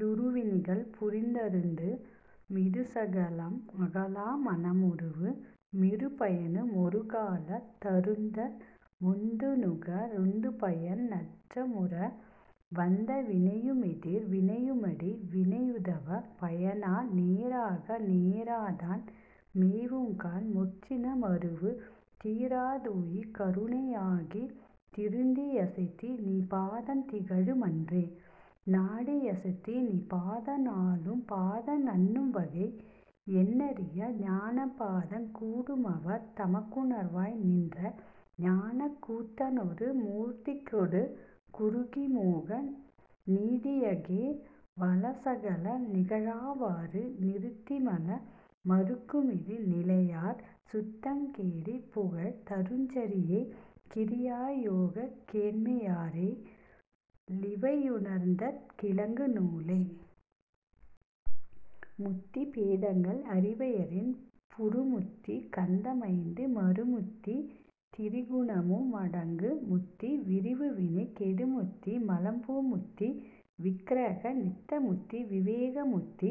லிருவினைகள் புரிந்தருந்து மிதுசகலம் அகலா முனமருவு மிருபயனு மொருகாலத் தருந்த முந்துநுக ருந்துபய னந்தமுற வந்த வினையுமெதிர் வினையுமுடி வினையுதவு பயனா னேராக நேராதன் மேவுங் கான்முற் சினமருவு திரோதாயி கருணையாகித் திருந்தியசத் திநிபாதந் திகழு மன்றே. நாடியசத் திநிபாத நாலு பாத நண்ணும்வகை யெண்ணரிய ஞான பாதங் கூடுமவர் தமக்குணர்வாய் நின்ற ஞானக் கூத்தனொரு மூர்த்திகொடு குறுகி மோக நீடியகே வலசகல நிகழாவாறு நிறுத்திமல மறுக்குமிது நிலையார் சுத்தங் கேடி புகழ் தருஞ்சரியை கிரியா யோகக் கேண்மையரே லிவையுணர்த்தக் கிளக்கு நூலே. முத்தி பேதங்கள் அரிவையரின் புறுமுத்தி கந்த மைந்து மறுமுத்தி திரிகுணமு மடங்கு முத்தி விரவுவினை கெடுமுத்தி மலம்போ முத்தி விக்கிரக நித்தமுத்தி விவேக முத்தி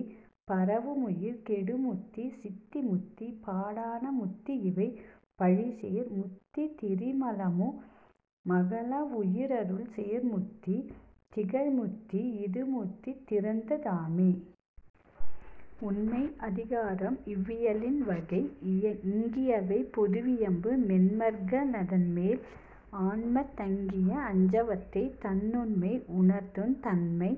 பரவுமுயிர் கெடுமுத்தி சித்தி முத்தி பாடாண முத்தியிவை பழிசேர் முத்தி திரிமலமு மகலவுயி ரருள்சேர் முத்தி திகழ்முத்தி யிதுமுத்தித் திறத்த தாமே. உண்மை அதிகாரம் இவ்வியலின் வகை இங்கியவை பொதுவி யம்பு மென்பர்க ளிதன்மேல் ஆன்மாத் தங்கிய அஞ்சவத்தை தன்னுண்மை உணர்த்துந் தன்மை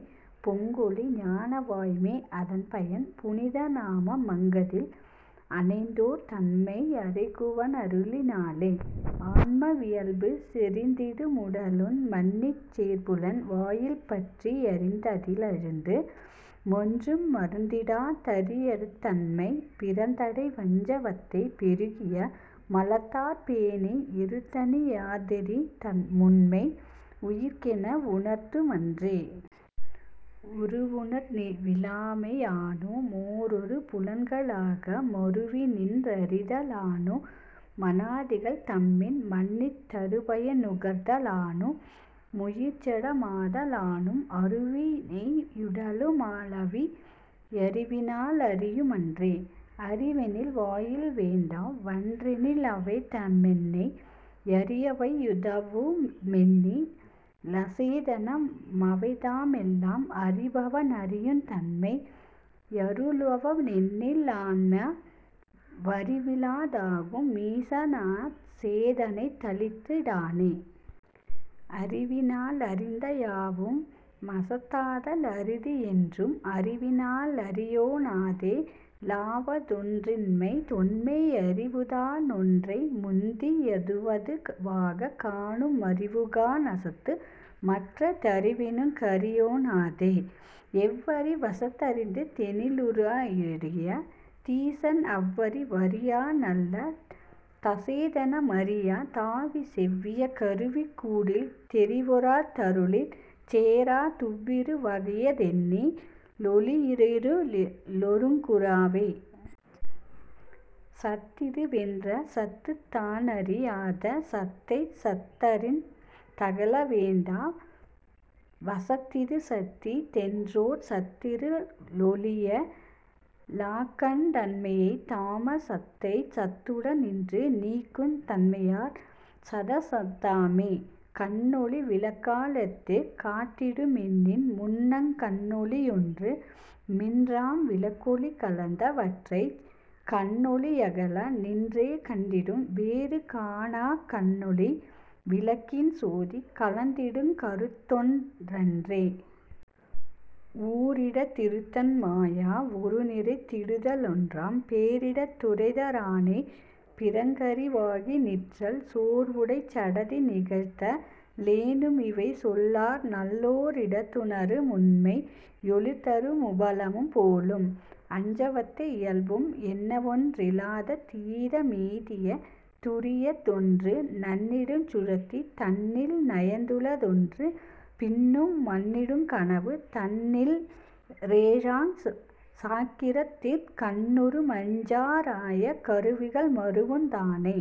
பொங்கொளி ஞான வாய்மை அதன்பயன் புனித னாம மங்கதில் அணைந்தோர் தன்மை யறைகுவ னருளி னாலே.. ஆன்ம வியல்பு செறிந்திடு முடலுண் மன்னிச் சேர்புலன் வாயில்பற்றி யறிந்ததி லழுந்து மொன்று மறிந்திடா தறியுந்தன்மை பிறிந்தடை வஞ்ச வத்தை பெருகிய மலத்தாற்பேணி யுறுந்தனி யதீத முண்மை யுயிர்க்கென வுணர்த்துமன்றே. உருவுணர் விலாமை யானு மோரொரு புலன்களாக மருவிநின் றறித லானு மனாதிகள் தம்மின் மன்னித் தருபய னுகர்த லானு முயிர்சட மாத லானும் அருவினை யுடலு ளாவி யறிவினா லறியு மன்றே. அறிவெனில் வாயில் வேண்டா வன்றெனி லவைதாமென்னை யறிவவை யுதவு மென்னி லசேதன மவைதாமெல்லாம் அறிபவ னறியுந் தன்மை யருளுவ னென்னி லான்மா வறிவில தாகு மீச னசேதனத் தளித்தி டானே. அறிவினா லறிந்த யாவு மசத்தாத லறிதி யென்றும் அறிவினா லறியொ ணாதே லாவதொன்றின்மை தொன்மை யறி வுதா னொன்றை முந்தி யதுவது வாகக் காணு மறிவுகா ணசத்து மற்ற தறிவினுக் கறியொணாதே. எவ்வறி வசத்த றிந்த தெனிலுயி ரறியா தீசன் அவ்வறி வறியா னல்ல தசேதன மறியா தாவி செவ்விய கருவி கூடில் தெரிவுறா தருளிற் சேரா துவ்விரு வகைய தென்னி லொளியிரு ளொருங்குறாவே. சத்திது வென்ற சத்துத் தானறி யாத சத்தைத் சத்தறிந் தகலவேண்டா வசத்திதுசத்தி தென்றோர் சத்திரு ளொளிய லாக்கண் டன்மைய தாம சத்தைச் சத்துட னின்று நீக்குந் தன்மையாற் சதசத்தாமே. கண்ணொளி விளக்களித்துக் காட்டிடுமென்னின் முன்னங் கண்ணொளி யொன்று மின்றாம் விளக்கொளி கலந்த வற்றைச் கண்ணொளி யகல நின்றே கண்டிடும் வேறு காணாக் கண்ணொளி விளக்கின் சோதி கலந்திடுங் கருத்தொன் றன்றே. ஓரிடத் திருத்தன் மாயா வுருநிறைந் திடுத லொன்றாம் பேரிடத் துறைத றானே பிறங்கறி வாகி நிற்றல் சோர்வுடைச் சடநி கழ்த்த லெனுமிவை சொல்லார் நல்லோ ரோரிடத் துணரு முண்மை யொளிர்தரு முபலம் போலும்.. அஞ்சவத்தை இயல்பு எண்ணவொன் றிலாத தீத மெய்திய துரியத் தொன்று நண்ணிடுஞ் சுழுத்தி தன்னில் நயந்துள தொன்று பின்னு மண்ணிடுங் கனவு தன்னி லாறேழாஞ் சாக்கிரத்திற் கண்ணுறு மஞ்சா றாய கருவிகள் மருவுந் தானே.